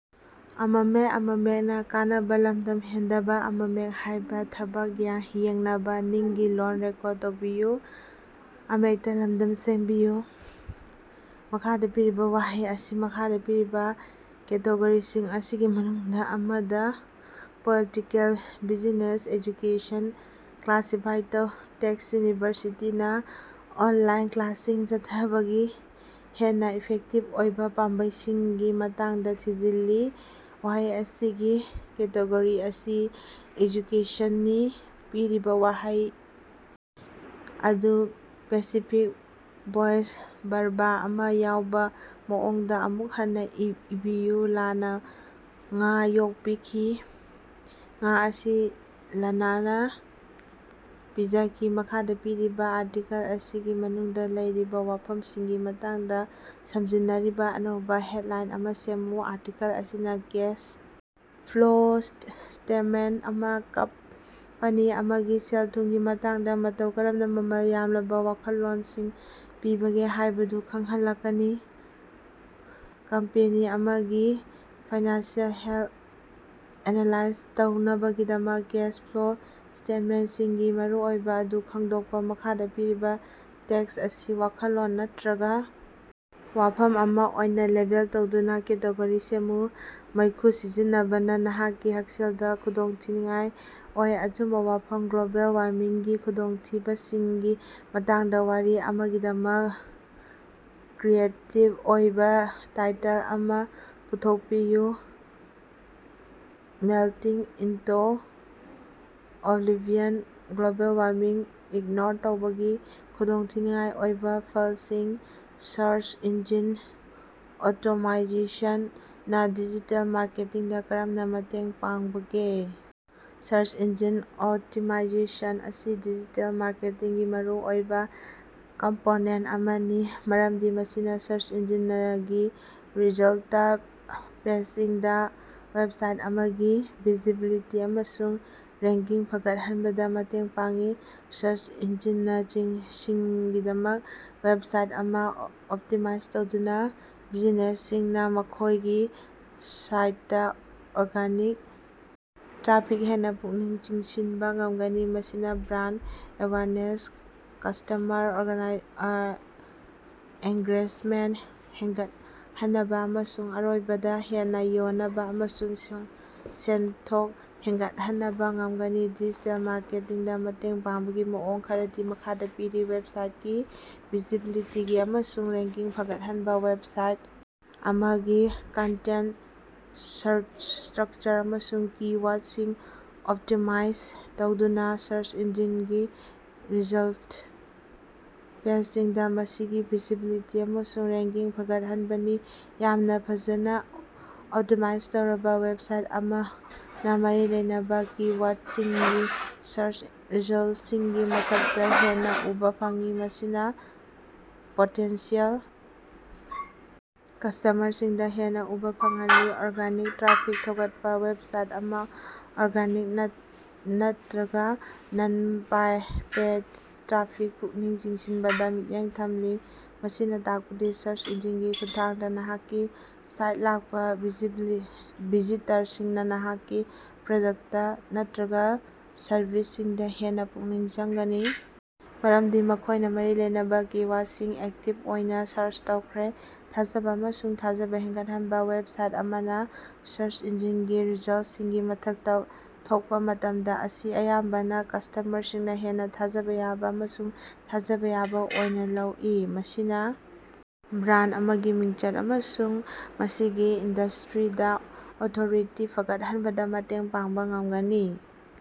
ꯃꯈꯥꯗ ꯄꯤꯔꯤꯕ ꯋꯥꯍꯩ ꯑꯁꯤ ꯃꯈꯥꯗ ꯄꯤꯔꯤꯕ ꯀꯦꯇꯦꯒꯣꯔꯤꯁꯤꯡ ꯑꯁꯤꯒꯤ ꯃꯅꯨꯡꯗ ꯑꯃꯗ (ꯄꯣꯂꯤꯇꯤꯀꯦꯜ, ꯕꯤꯖꯤꯅꯦꯁ, ꯑꯦꯖꯨꯀꯦꯁꯟ) ꯀ꯭ꯂꯥꯁꯤꯐꯥꯏ ꯇꯧ꯫ ꯇꯦꯛꯁ ꯌꯨꯅꯤꯚꯔꯁꯤꯇꯤꯅꯥ ꯑꯣꯅꯂꯥꯏꯟ ꯀ꯭ꯂꯥꯁꯁꯤꯡ ꯆꯠꯊꯕꯒꯤ ꯍꯦꯟꯅ ꯏꯐꯦꯛꯇꯤꯕ ꯑꯣꯏꯕ ꯄꯥꯝꯕꯩꯁꯤꯡꯒꯤ ꯃꯇꯥꯡꯗ ꯊꯤꯖꯤꯜꯂꯤ꯫ ꯋꯥꯍꯩ ꯑꯁꯤꯒꯤ ꯀꯦꯇꯦꯒꯣꯔꯤ ꯑꯁꯤ ꯑꯦꯖꯨꯀꯦꯁꯟꯅꯤ꯫ ꯄꯤꯔꯤꯕ ꯋꯥꯍꯩ ꯑꯗꯨ ꯄꯦꯁꯤꯐꯤꯛ ꯚꯣꯏꯁꯇ ꯕꯔꯕ ꯑꯃ ꯌꯥꯎꯕꯥ ꯃꯑꯣꯡꯗꯥ ꯑꯃꯨꯛ ꯍꯟꯅꯥ ꯏꯕꯤꯌꯨ꯫ ꯂꯥꯅꯥ ꯉꯥ ꯌꯣꯛꯄꯤꯈꯤ꯫ ꯉꯥ ꯑꯁꯤ ꯂꯥꯅꯥꯅ ꯄꯤꯖꯈꯤ꯫ ꯃꯈꯥꯗ ꯄꯤꯔꯤꯕ ꯑꯥꯔꯇꯤꯀꯦꯜ ꯑꯁꯤꯒꯤ ꯃꯅꯨꯡꯗꯥ ꯂꯩꯔꯤꯕꯥ ꯋꯥꯐꯝꯁꯤꯡꯒꯤ ꯃꯇꯥꯡꯗ ꯁꯝꯖꯤꯟꯅꯔꯤꯕ ꯑꯅꯧꯕ ꯍꯦꯗꯂꯥꯏꯟ ꯑꯃ ꯁꯦꯝꯃꯨ꯫ ꯑꯥꯔꯇꯤꯀꯜ ꯑꯁꯤꯅ ꯀꯦꯁ ꯐ꯭ꯂꯣ ꯁ꯭ꯇꯦꯇꯃꯦꯟꯇ ꯑꯃꯅ ꯀꯝꯄꯅꯤ ꯑꯃꯒꯤ ꯁꯦꯜ-ꯊꯨꯝꯒꯤ ꯃꯇꯥꯡꯗ ꯃꯇꯧ ꯀꯔꯝꯅ ꯃꯃꯜ ꯌꯥꯝꯂꯕ ꯋꯥꯈꯜꯂꯣꯟꯁꯤꯡ ꯄꯤꯕꯒꯦ ꯍꯥꯏꯕꯗꯨ ꯈꯪꯍꯜꯂꯛꯀꯅꯤ꯫ ꯀꯝꯄꯦꯅꯤ ꯑꯃꯒꯤ ꯐꯥꯏꯅꯥꯟꯁꯤꯑꯦꯜ ꯍꯦꯜꯊ ꯑꯦꯅꯥꯂꯥꯏꯖ ꯇꯧꯅꯕꯒꯤꯗꯃꯛ ꯀꯦꯁ ꯐ꯭ꯂꯣ ꯁ꯭ꯇꯦꯇꯃꯦꯟꯇꯁꯤꯡꯒꯤ ꯃꯔꯨꯑꯣꯏꯕ ꯑꯗꯨ ꯈꯪꯗꯣꯛꯄꯥ꯫ ꯃꯈꯥꯗ ꯄꯤꯔꯤꯕ ꯇꯦꯛꯁ ꯑꯁꯤ ꯋꯥꯈꯜꯂꯣꯟ ꯅꯠꯇꯔꯒ ꯋꯥꯐꯝ ꯑꯃ ꯑꯣꯏꯅ ꯂꯦꯕꯦꯜ ꯇꯧꯗꯨꯅ ꯀꯦꯇꯦꯒꯣꯔꯤ ꯁꯦꯝꯃꯨ꯫ ꯃꯩꯈꯨ ꯁꯤꯖꯤꯟꯅꯕꯅ ꯅꯍꯥꯛꯀꯤ ꯍꯛꯁꯦꯜꯗꯥ ꯈꯨꯗꯣꯡꯊꯤꯅꯤꯉꯥꯏ ꯑꯣꯏ꯫ ꯑꯆꯨꯝꯕ ꯋꯥꯐꯝ ꯒ꯭ꯂꯣꯕꯦꯜ ꯋꯥꯔꯃꯤꯡꯒꯤ ꯈꯨꯗꯣꯡꯊꯤꯕꯁꯤꯡꯒꯤ ꯃꯇꯥꯡꯗ ꯋꯥꯔꯤ ꯑꯃꯒꯤꯗꯃꯛ ꯀ꯭ꯔꯤꯌꯦꯇꯤꯕ ꯑꯣꯏꯕ ꯇꯥꯏꯇꯜ ꯑꯃ ꯄꯨꯊꯣꯛꯄꯤꯌꯨ꯫ Melting into oblivion global warming ignore ꯇꯧꯕꯒꯤ ꯈꯨꯗꯣꯡꯊꯤꯅꯤꯡꯉꯥꯏ ꯑꯣꯏꯕ ꯐꯂꯁꯤꯡ꯫ ꯁꯔꯆ ꯏꯟꯖꯤꯟ ꯑꯣꯞꯇꯤꯃꯥꯏꯖꯦꯁꯟ ꯅ ꯗꯤꯖꯤꯇꯦꯜ ꯃꯥꯔꯀꯦꯇꯤꯡꯗ ꯀꯔꯝꯅ ꯃꯇꯦꯡ ꯄꯥꯡꯕꯒꯦ? ꯁꯔꯆ ꯏꯟꯖꯤꯟ ꯑꯣꯞꯇꯤꯃꯥꯏꯖꯦꯁꯟ ꯑꯁꯤ ꯗꯤꯖꯤꯇꯦꯜ ꯃꯥꯔꯀꯦꯇꯤꯡꯒꯤ ꯃꯔꯨꯑꯣꯏꯕ ꯀꯝꯄꯣꯅꯦꯟꯇ ꯑꯃꯅꯤ ꯃꯔꯝꯗꯤ ꯃꯁꯤꯅ ꯁꯔꯆ ꯏꯟꯖꯤꯅꯒꯤ ꯔꯤꯖꯜꯇ ꯄꯦꯖꯁꯤꯡꯗ ꯋꯦꯕꯁꯥꯏꯠ ꯑꯃꯒꯤ ꯚꯤꯖꯤꯕꯤꯂꯤꯇꯤ ꯑꯃꯁꯨꯡ ꯔꯦꯡꯀꯤꯡ ꯐꯒꯠꯍꯟꯕꯗ ꯃꯇꯦꯡ ꯄꯥꯡꯏ꯫ ꯁꯔꯆ ꯏꯟꯖꯤꯅꯁꯤꯡꯒꯤꯗꯃꯛꯇ ꯋꯦꯕꯁꯥꯏꯠ ꯑꯃ ꯑꯣꯞꯇꯤꯃꯥꯏꯖ ꯇꯧꯗꯨꯅ, ꯕꯤꯖꯤꯅꯦꯁꯁꯤꯡꯅꯥ ꯃꯈꯣꯏꯒꯤ ꯁꯥꯏꯠꯇ ꯑꯣꯔꯒꯥꯅꯤꯛ ꯇ꯭ꯔꯥꯐꯤꯛ ꯍꯦꯟꯅ ꯄꯨꯛꯅꯤꯡ ꯆꯤꯡꯁꯤꯟꯕ ꯉꯝꯒꯅꯤ, ꯃꯁꯤꯅ ꯕ꯭ꯔꯥꯟꯗ ꯑꯦꯋꯦꯌꯔꯅꯦꯁ, ꯀꯁ꯭ꯇꯃꯔ ꯑꯦꯉ꯭ꯒꯦꯖꯃꯦꯟꯇ ꯍꯦꯅꯒꯠꯍꯅꯕꯥ, ꯑꯃꯁꯨꯡ ꯑꯔꯣꯏꯕꯗꯥ, ꯍꯦꯟꯅꯥ ꯌꯣꯅꯕꯥ ꯑꯃꯁꯨꯡ ꯁꯦꯟꯊꯣꯛ ꯍꯦꯅꯒꯠꯍꯅꯕꯥ ꯉꯝꯒꯅꯤ꯫ ꯗꯤꯖꯤꯇꯦꯜ ꯃꯥꯔꯀꯦꯇꯤꯡꯗꯥ ꯃꯇꯦꯡ ꯄꯥꯡꯕꯒꯤ ꯃꯑꯣꯡ ꯈꯔꯗꯤ ꯃꯈꯥꯗꯥ ꯄꯤꯔꯤ ꯋꯦꯕꯁꯥꯏꯇꯀꯤ ꯚꯤꯖꯤꯕꯤꯂꯤꯇꯤ ꯑꯃꯁꯨꯡ ꯔꯦꯡꯀꯤꯡ ꯐꯒꯠꯍꯟꯕ ꯋꯦꯕꯁꯥꯏꯠ ꯑꯃꯒꯤ ꯀꯟꯇꯦꯟꯇ, ꯁ꯭ꯠꯔꯀꯆꯔ ꯑꯃꯁꯨꯡ ꯀꯤ-ꯋꯥꯔꯗꯁꯤꯡ ꯑꯣꯞꯇꯤꯃꯥꯏꯖ ꯇꯧꯗꯨꯅꯥ ꯁꯔꯆ ꯏꯟꯖꯤꯅꯒꯤ ꯔꯤꯖꯜꯇ ꯄꯦꯖꯁꯤꯡꯗꯥ ꯃꯁꯤꯒꯤ ꯚꯤꯖꯤꯕꯤꯂꯤꯇꯤ ꯑꯃꯁꯨꯡ ꯔꯦꯡꯀꯤꯡ ꯐꯒꯠꯍꯟꯕꯅꯤ꯫ ꯌꯥꯝꯅ ꯐꯖꯅ ꯑꯣꯞꯇꯤꯃꯥꯏꯖ ꯇꯧꯔꯕ ꯋꯦꯕꯁꯥꯏꯠ ꯑꯃꯅ ꯃꯔꯤ ꯂꯩꯅꯕꯥ ꯀꯤ-ꯋꯥꯔꯗꯁꯤꯡꯒꯤ ꯁꯥꯔꯆ ꯔꯤꯖꯜꯇꯁꯤꯡꯒꯤ ꯃꯊꯛꯇ ꯍꯦꯟꯅ ꯎꯕꯥ ꯐꯪꯏ꯫ ꯃꯁꯤꯅ ꯄꯣꯇꯦꯟꯁꯤꯌꯦꯜ ꯀꯁ꯭ꯇꯃꯔꯁꯤꯡꯗ ꯍꯦꯟꯅ ꯎꯕ ꯐꯪꯍꯜꯂꯤ꯫ ꯑꯣꯔꯒꯥꯅꯤꯛ ꯇ꯭ꯔꯥꯐꯤꯛ ꯊꯧꯒꯠꯄ ꯋꯦꯕꯁꯥꯏꯠ ꯑꯃꯗ ꯑꯣꯔꯒꯥꯅꯤꯛ, ꯅꯠꯇꯔꯒ ꯅꯟ-ꯄꯦꯏꯗ ꯇ꯭ꯔꯥꯐꯤꯛ ꯄꯨꯛꯅꯤꯡ ꯆꯤꯡꯁꯤꯟꯕꯗ ꯃꯤꯠꯌꯦꯡ ꯊꯝꯂꯤ꯫ ꯃꯁꯤꯅ ꯇꯥꯛꯄꯗꯤ ꯁꯔꯆ ꯏꯟꯖꯤꯟꯒꯤ ꯈꯨꯠꯊꯥꯡꯗ ꯅꯍꯥꯛꯀꯤ ꯁꯥꯏꯇ ꯂꯥꯛꯄ ꯚꯤꯖꯤꯇꯔꯁꯤꯡꯅ ꯅꯍꯥꯛꯀꯤ ꯄ꯭ꯔꯗꯛꯇ ꯅꯠꯇꯔꯒ ꯁꯔꯚꯤꯁꯁꯤꯡꯗ ꯍꯦꯟꯅ ꯄꯨꯛꯅꯤꯡ ꯆꯪꯒꯅꯤ ꯃꯔꯝꯗꯤ ꯃꯈꯣꯏꯅ ꯃꯔꯤ ꯂꯩꯅꯕ ꯀꯤ-ꯋꯥꯔꯗꯁꯤꯡ ꯑꯦꯛꯇꯤꯕ ꯑꯣꯏꯅ ꯁꯥꯔꯆ ꯇꯧꯈ꯭ꯔꯦ꯫ ꯊꯥꯖꯕ ꯑꯃꯁꯨꯡ ꯊꯥꯖꯕ ꯍꯦꯟꯒꯠꯍꯟꯕ ꯋꯦꯕꯁꯥꯏꯠ ꯑꯃꯅ ꯁꯔꯆ ꯏꯟꯖꯤꯟꯒꯤ ꯔꯤꯖꯜꯇꯁꯤꯡꯒꯤ ꯃꯊꯛꯇꯥ ꯊꯣꯛꯄ ꯃꯇꯝꯗ ꯃꯁꯤ ꯑꯌꯥꯝꯕꯅ ꯀꯁ꯭ꯇꯃꯔꯁꯤꯡꯅ ꯍꯦꯟꯅ ꯊꯥꯖꯕ ꯌꯥꯕ ꯑꯃꯁꯨꯡ ꯊꯥꯖꯕ ꯌꯥꯕ ꯑꯣꯏꯅ ꯂꯧꯏ꯫ ꯃꯁꯤꯅ ꯕ꯭ꯔꯥꯟꯗ ꯑꯃꯒꯤ ꯃꯤꯡꯆꯠ ꯑꯃꯁꯨꯡ ꯃꯁꯤꯒꯤ ꯏꯟꯗꯁ꯭ꯠꯔꯤꯗ ꯑꯣꯊꯣꯔꯤꯇꯤ ꯐꯒꯠꯍꯟꯕꯗ ꯃꯇꯦꯡ ꯄꯥꯡꯕ ꯉꯝꯒꯅꯤ꯫